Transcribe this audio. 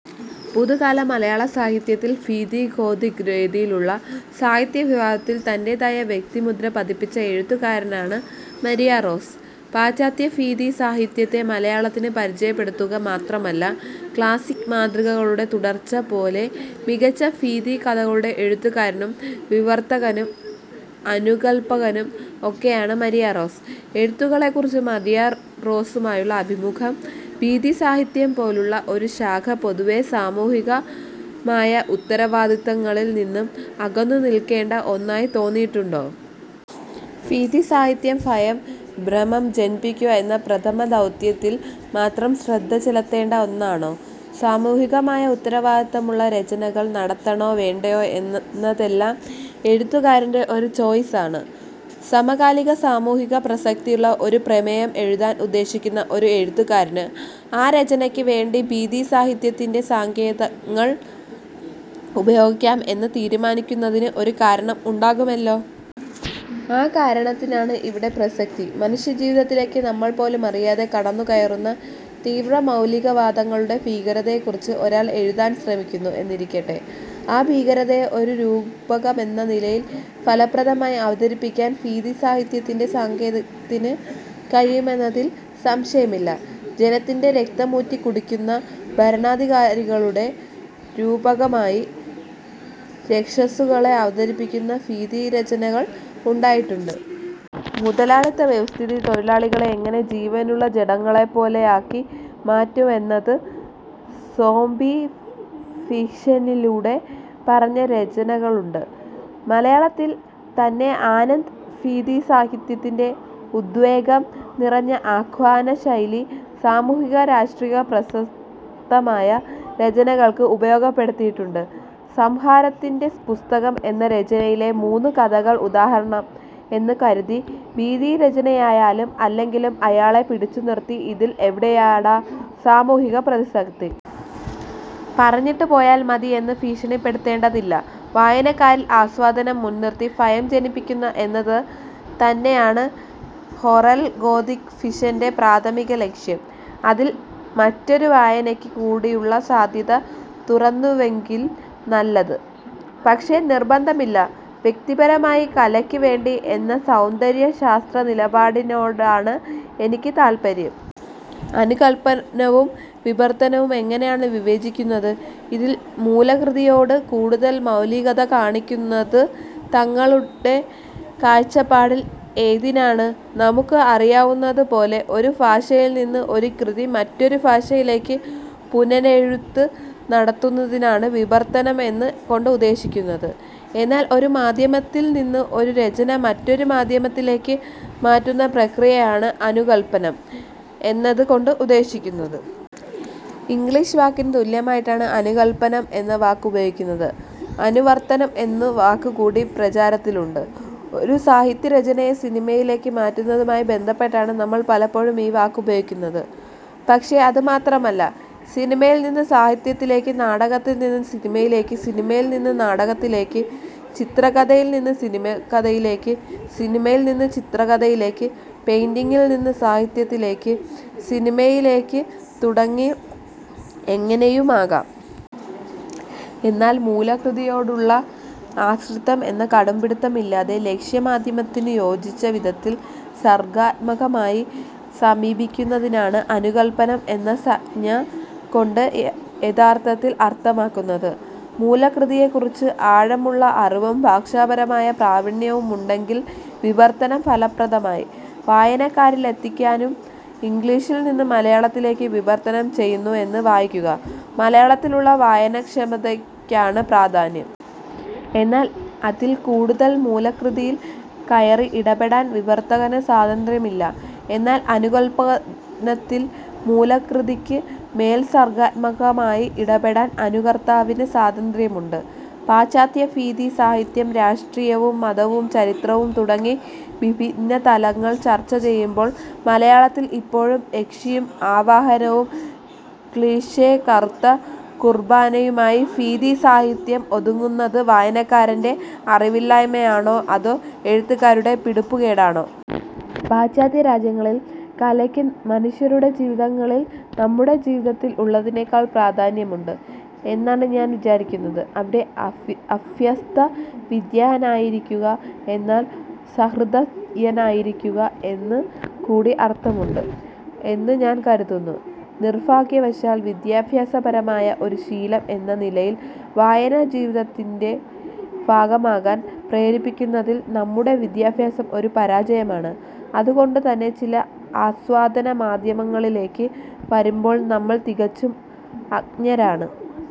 പുതുകാല മലയാളസാഹിത്യത്തിൽ ഫീതി, Gothic രീതിയിലുള്ള സാഹിത്യവിഭാഗത്തിൽ തൻ്റേതായ വ്യക്തിമുദ്ര പതിപ്പിച്ച എഴുത്തുകാരനാണ് മരിയ റോസ്. പാശ്ചാത്യഭീതിസാഹിത്യത്തെ മലയാളത്തിന് പരിചയപ്പെടുത്തുക മാത്രമല്ല, ക്ളാസിക്ക് മാതൃകകളുടെ തുടർച്ച പോലെ മികച്ച ഫീതികഥകളുടെ എഴുത്തുകാരനും വിവർത്തകനും അനുകൽപനകനും ഒക്കെയാണ് മരിയ റോസ്. എഴുത്തുകളെക്കുറിച്ച് മരിയ റോസുമായുള്ള അഫിമുഖം. ഫീതിസാഹിത്യം പോലുള്ള ഒരു ശാഖ പൊതുവേ സാമൂഹികമായ ഉത്തരവാദിത്തങ്ങളിൽ നിന്ന് അകന്നുനിൽക്കേണ്ട ഒന്നായി തോന്നിയിട്ടുണ്ടോ? ഭീതിസാഹിത്യം, ഭയം, ഭ്രമം ജനിപ്പിക്കുക എന്ന പ്രഥമദൗത്യത്തിൽ മാത്രം ശ്രദ്ധ ചെലുത്തേണ്ട ഒന്നാണോ? സാമൂഹികമായ ഉത്തരവാദിത്തമുള്ള രചനകൾ നടത്തണോ വേണ്ടയോ എന്ന എന്നതെല്ലാം എഴുത്തുകാരൻ്റെ ഒരു ചോയ്സ് ആണ്. സമകാലിക സാമൂഹികപ്രസക്തിയുള്ള ഒരു പ്രമേയം എഴുതാൻ ഉദ്ദേശിക്കുന്ന ഒരു എഴുത്തുകാരന് ആ രചനയ്ക്ക് വേണ്ടി ഭീതിസാഹിത്യത്തിൻ്റെ സങ്കേതങ്ങൾ ഉപയോഗിക്കാം എന്ന് തീരുമാനിക്കുന്നതിന് ഒരു കാരണം ഉണ്ടാകുമല്ലോ. ആ കാരണത്തിനാണ് ഇവിടെ പ്രസക്തി. മനുഷ്യജീവിതത്തിലേക്ക് നമ്മൾ പോലുമറിയാതെ കടന്ന് കയറുന്ന തീവ്ര മൗലികവാദങ്ങളുടെ ഭീകരതയെക്കുറിച്ച് ഒരാൾ എഴുതാൻ ശ്രമിക്കുന്നു എന്നിരിക്കട്ടെ. ആ ഭീകരതയെ ഒരു രൂപകമെന്ന നിലയിൽ ഫലപ്രദമായി അവതരിപ്പിക്കാൻ ഭീതിസാഹിത്യത്തിൻ്റെ സങ്കേതത്തിന് കഴിയുമെന്നതിൽ സംശയമില്ല. ജനത്തിൻ്റെ രക്തമൂറ്റിക്കുടിക്കുന്ന ഭരണാധികാരികളുടെ രൂപകമായി രക്ഷസുകളെ അവതരിപ്പിക്കുന്ന ഭീതിരചനകൾ ഉണ്ടായിട്ടുണ്ട്. മുതലാളിത്ത വ്യവസ്ഥിതി തൊഴിലാളികളെ എങ്ങനെ ജീവനുള്ള ജഡങ്ങളെപ്പോലെയാക്കി മാറ്റുവെന്നത് സോംബി ഫിക്ഷനിലൂടെ പറഞ്ഞ രചനകളുണ്ട്. മലയാളത്തിൽ തന്നെ ആനന്ദ് ഭീതിസാഹിത്യത്തിൻ്റെ ഉദ്വേഗം നിറഞ്ഞ ആഖ്യാനശൈലി സാമൂഹിക-രാഷ്ട്രീയ-പ്രസക്തമായ രചനകൾക്ക് ഉപയോഗപ്പെടുത്തിയിട്ടുണ്ട്. സംഹാരത്തിൻ്റെ പുസ്തകം എന്ന രചനയിലെ മൂന്ന് കഥകൾ ഉദാഹരണം. എന്ന് കരുതി ഭീതിരചനയായാലും അല്ലെങ്കിലും അയാളെ പിടിച്ചുനിർത്തി 'ഇതിൽ എവിടെയാടാ സാമൂഹികപ്രതിസ? പറഞ്ഞിട്ട് പോയാൽ മതി' എന്ന് ഭീഷണിപ്പെടുത്തേണ്ടതില്ല. വായനക്കാരിൽ ആസ്വാദനം മുൻനിർത്തി ഭയം ജനിപ്പിക്കുക എന്നത് തന്നെയാണ് ഹൊറർ ഗോഥിക് ഫിക്ഷൻ്റെ പ്രാഥമികലക്ഷ്യം. അതിൽ മറ്റൊരു വായനക്ക് കൂടിയുള്ള സാധ്യത തുറന്നിടുന്നുവെങ്കിൽ നല്ലത്. പക്ഷെ നിർബന്ധമില്ല. വ്യക്തിപരമായി കലക്ക് വേണ്ടി എന്ന സൗന്ദര്യ ശാസ്ത്രനിലപാടിനോടാണ് എനിക്ക് താൽപര്യം. അനുകൽപനവും വിവർത്തനവും എങ്ങനെയാണ് വിവേചിക്കുന്നത്? ഇതിൽ മൂലകൃതിയോട് കൂടുതൽ മൗലികത കാണിക്കുന്നത് താങ്ങളുടെ കാഴ്ചപ്പാടിൽ ഏതിനാണ്? നമുക്ക് അറിയാവുന്നത് പോലെ ഒരു ഭാഷയിൽ നിന്ന് ഒരു കൃതി മറ്റൊരു ഭാഷയിലേക്ക് പുനരെഴുത്ത് നടത്തുന്നതിനാണ് വിവർത്തനം എന്നത് കൊണ്ട് ഉദ്ദേശിക്കുന്നത്. എന്നാൽ ഒരു മാധ്യമത്തിൽ നിന്ന് ഒരു രചന മറ്റൊരു മാധ്യമത്തിലേക്ക് മാറ്റുന്ന പ്രക്രിയയാണ് അനുകൽപനം എന്നത് കൊണ്ട് ഉദ്ദേശിക്കുന്നത്. ഇംഗ്ലീഷ് വാക്കിന് തുല്യമായിട്ടാണ് അനുകൽപനം എന്ന വാക്ക് ഉപയോഗിക്കുന്നത്. അനുവർത്തനം എന്നു വാക്ക് കൂടി പ്രചാരത്തിലുണ്ട്. ഒരു സാഹിത്യരചനയെ സിനിമയിലേക്ക് മാറ്റുന്നതുമായി ബന്ധപ്പെട്ടാണ് നമ്മൾ പലപ്പോഴും ഈ വാക്ക് ഉപയോഗിക്കുന്നത്. പക്ഷെ അത് മാത്രമല്ല സിനിമയിൽ നിന്ന് സാഹിത്യത്തിലേക്ക്, നാടകത്തിൽ നിന്ന് സിനിമയിലേക്ക്, സിനിമയിൽ നിന്ന് നാടകത്തിലേക്ക് ചിത്രകഥയിൽ നിന്ന് സിനിമ കഥയിലേക്ക്, സിനിമയിൽ നിന്ന് ചിത്രകഥയിലേക്ക്, പെയിൻ്റിങിൽ നിന്ന് സാഹിത്യത്തിലേക്ക്, സിനിമയിലേക്ക് തുടങ്ങി എങ്ങനെയുമാകാം. എന്നാൽ മൂലകൃതിയോടുള്ള ആശ്രിതത്വം എന്ന കടുംപിടിത്തം ഇല്ലാതെ ലക്ഷ്യമാധ്യമത്തിനു യോജിച്ച വിധത്തിൽ സർഗാത്മകമായി സമീപിക്കുന്നതിനാണ് അനുകൽപനം എന്ന സംജ്ഞ കൊണ്ട് യ യഥാർത്ഥത്തിൽ അർത്ഥമാക്കുന്നത്. മൂലകൃതിയെക്കുറിച്ച് ആഴമുള്ള അറിവും ഭാഷാപരമായ പ്രാവീണ്യവുമുണ്ടെങ്കിൽ വിവർത്തനം ഫലപ്രദമായി വായനക്കാരിലെത്തിക്കാനും. ഇംഗ്ലീഷിൽ നിന്ന് മലയാളത്തിലേക്ക് വിവർത്തനം ചെയ്യുന്നു എന്ന് വയ്ക്കുക. മലയാളത്തിലുള്ള വായനാക്ഷമതയ്ക്കാണ് പ്രാധാന്യം. എന്നാൽ അതിൽ കൂടുതൽ മൂലകൃതിയിൽ കയറി ഇടപെടാൻ വിവർത്തകന് സ്വാതന്ത്യമില്ല. എന്നാൽ അനുകൽപനത്തിൽ മൂലകൃതിയ്ക്ക് മേൽ സർഗാത്മകമായി ഇടപെടാൻ അനുകർത്താവിന് സാതന്ത്ര്യമുണ്ട്. പാശ്ചാത്യ ഭീതിസാഹിത്യം രാഷ്ട്രീയവും മതവും ചരിത്രവും തുടങ്ങീ വിഭിന്നതലങ്ങൾ ചർച്ച ചെയ്യുമ്പോൾ മലയാളത്തിൽ ഇപ്പോഴും യക്ഷിയും ആവാഹനവും ക്ളീഷേ കറുത്ത കുർബാനയുമായി ഭീതിസാഹിത്യം ഒതുങ്ങുന്നത് വായനക്കാരൻ്റെ അറിവില്ലായ്മയാണോ അതോ എഴുത്തുകാരുടെ പിടിപ്പുകേടാണോ? പാശ്ചാത്യരാജ്യങ്ങളിൽ കലയ്ക്ക് മനുഷ്യരുടെ ജീവിതങ്ങളിൽ നമ്മുടെ ജീവിതത്തിൽ ഉള്ളതിനേക്കാൾ പ്രാധാന്യമുണ്ട് എന്നാണ് ഞാൻ വിചാരിക്കുന്നത്. അവിടെ അഫ്യ അഫ്യസ്തവിദ്യനായിരിക്കുക എന്നാൽ സഹൃദയനായിരിക്കുക എന്ന് കൂടി അർത്ഥമുണ്ട് എന്ന് ഞാൻ കരുതുന്നു. നിർഭാഗ്യവശാൽ വിദ്യാഭ്യാസപരമായ ഒരു ശീലം എന്ന നിലയിൽ വായന ജീവിതത്തിൻ്റെ ഭാഗമാക്കാൻ പ്രേരിപ്പിക്കുന്നതിൽ നമ്മുടെ വിദ്യാഭ്യാസം ഒരു പരാജയമാണ്. അത് കൊണ്ട് തന്നെ ചില ആസ്വാദനമാധ്യമങ്ങളിലേക്ക് വരുമ്പോൾ നമ്മൾ തികച്ചും അജ്ഞരാണ്.